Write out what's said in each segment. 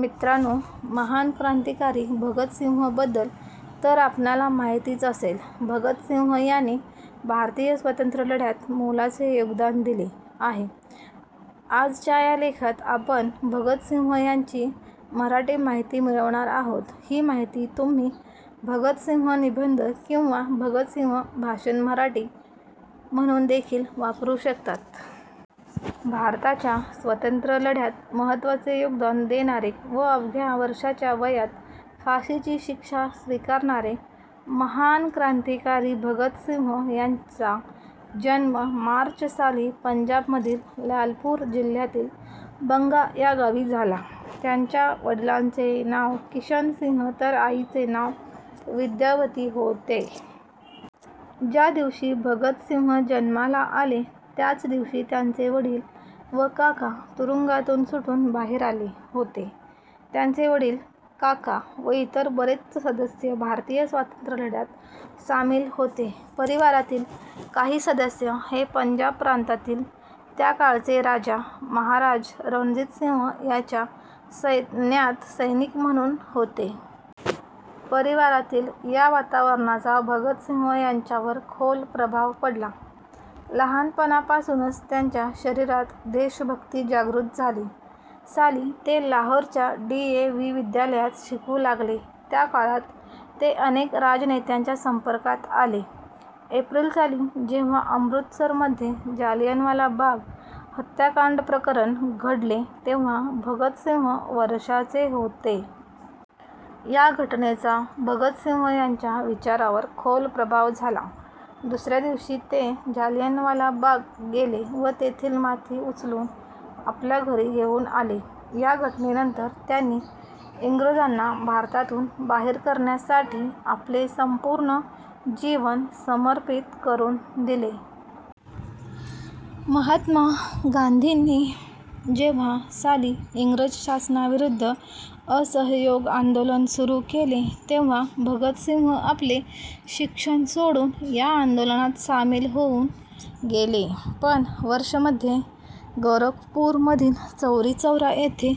मित्रानो महान क्रांतिकारी भगत सिंह बद्दल तर आपणाला माहितीच असेल. भगत सिंह यांनी भारतीय स्वतंत्र लढ्यात मोलाचे योगदान दिले आहे, याजच्या या लेखात आपण भगत सिंह यांची मराठी माहिती मिळवणार आहोत. ही माहिती तुम्ही भगत सिंह निबंध किंवा भगत सिंह भाषण मराठी म्हणून देखील वापरू शकतात. भारताच्या स्वतंत्र लढ्यात महत्त्वाचे योगदान देणारे व अवघ्या वर्षाच्या वयात फाशीची शिक्षा स्वीकारणारे महान क्रांतिकारी भगत सिंह यांचा जन्म मार्च साली पंजाब मधील ल्यालपुर जिल्ह्यातील बंगा या गावी झाला. त्यांचा वडिलांचे नाव किशन सिंह तर आईचे नाव विद्यावती होते. ज्या दिवशी भगत सिंह जन्माला आले त्याच दिवशी त्यांचे वडील व काका तुरुंगातून सुटून बाहेर आले होते. त्यांचे वडील, काका व इतर बरेच सदस्य भारतीय स्वांत्र्यलढ्यात सामील होते, परिवारातील काही सदस्य हे पंजाब प्रांतातील त्या काळचे राजा 'महाराज रणजितसिंह' याच्या सैन्यात सैनिक म्हणून होते. परिवारातील या वातावरणाचा भगत सिंह यांच्यावर खोल प्रभाव पडला. लहापणापासूनच त्यांच्या शरीरात देशभक्ती जागृत झाली. साली ते लाहोर च्या डी ए वी विद्यालयात शिकू लागले. त्या काळात ते अनेक राजनेत्याच्या संपर्कात आले. एप्रिल साली जेव्हा अमृतसर मध्ये जालियनवाला बाग हत्याकांड प्रकरण घडले तेव्हा भगत सिंह वर्षाचे होते. या घटनेचा भगत सिंह यांच्या विचारावर खोल प्रभाव झाला. दुसऱ्या दिवशी ते जालियनवाला बाग गेले व तेथील माती उचलून आपल्या घरी घेऊन आले. या घटनेनंतर त्यांनी इंग्रजांना भारतातून बाहेर करण्यासाठी आपले संपूर्ण जीवन समर्पित करून दिले. महात्मा गांधींनी जेव्हा साली इंग्रज शासाना विरुद्ध असहयोग आंदोलन सुरू केले, तेव्हा भगत सिंह आपले शिक्षण सोडून या आंदोलनात सामील होऊन गेले. पण वर्ष मध्ये गोरखपूर मधील चौरीचौरा येथे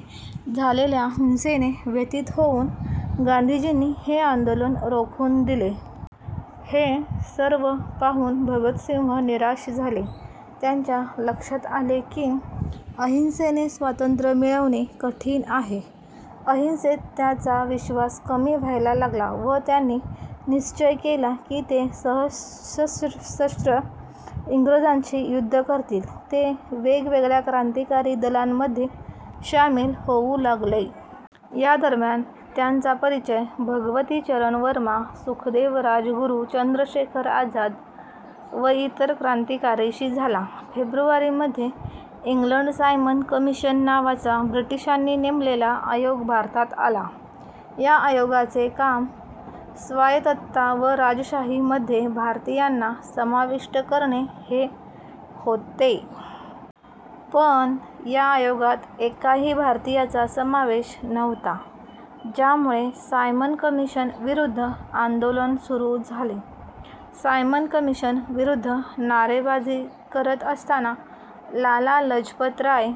झालेल्या हिंसेने व्यथित होऊन गांधीजींनी हे आंदोलन रोखून दिले. हे सर्व पाहून भगत सिंह निराश झाले. त्यांच्या लक्षात आले की आहिंसेने स्वतंत्र मिळवणे कठीण आहे. आहिंसेत त्याचा विश्वास कमी व्हायला लागला व त्यांनी निश्चय केला की ते सशस्त्र इंग्रजांशी युद्ध करतील. ते वेगवगळ्या क्रांतिकारी दलामध्ये शामिल होऊ लागले. या दरम्यान त्यांचा परिचय भगवती चरण वर्मा, सुखदेव, राजगुरू, चंद्रशेखर आझाद व इतर क्रांतिकारीशी झाला. फेब्रुवारी मध्ये इंग्लंड मधून सायमन कमिशन नावाचा ब्रिटिशांनी नेमलेला आयोग भारतात आला. या आयोगाचे काम स्वायत्तता व राजशाही मध्ये भारतीयांना समाविष्ट करणे हे होते. पण या आयोगात एकाही भारतीयाचा समावेश नव्हता. ज्यामुळे सायमन कमिशन विरुद्ध आंदोलन सुरू झाले. सायमन कमिशन विरुद्ध नारेबाजी करत असताना लाला लजपतराय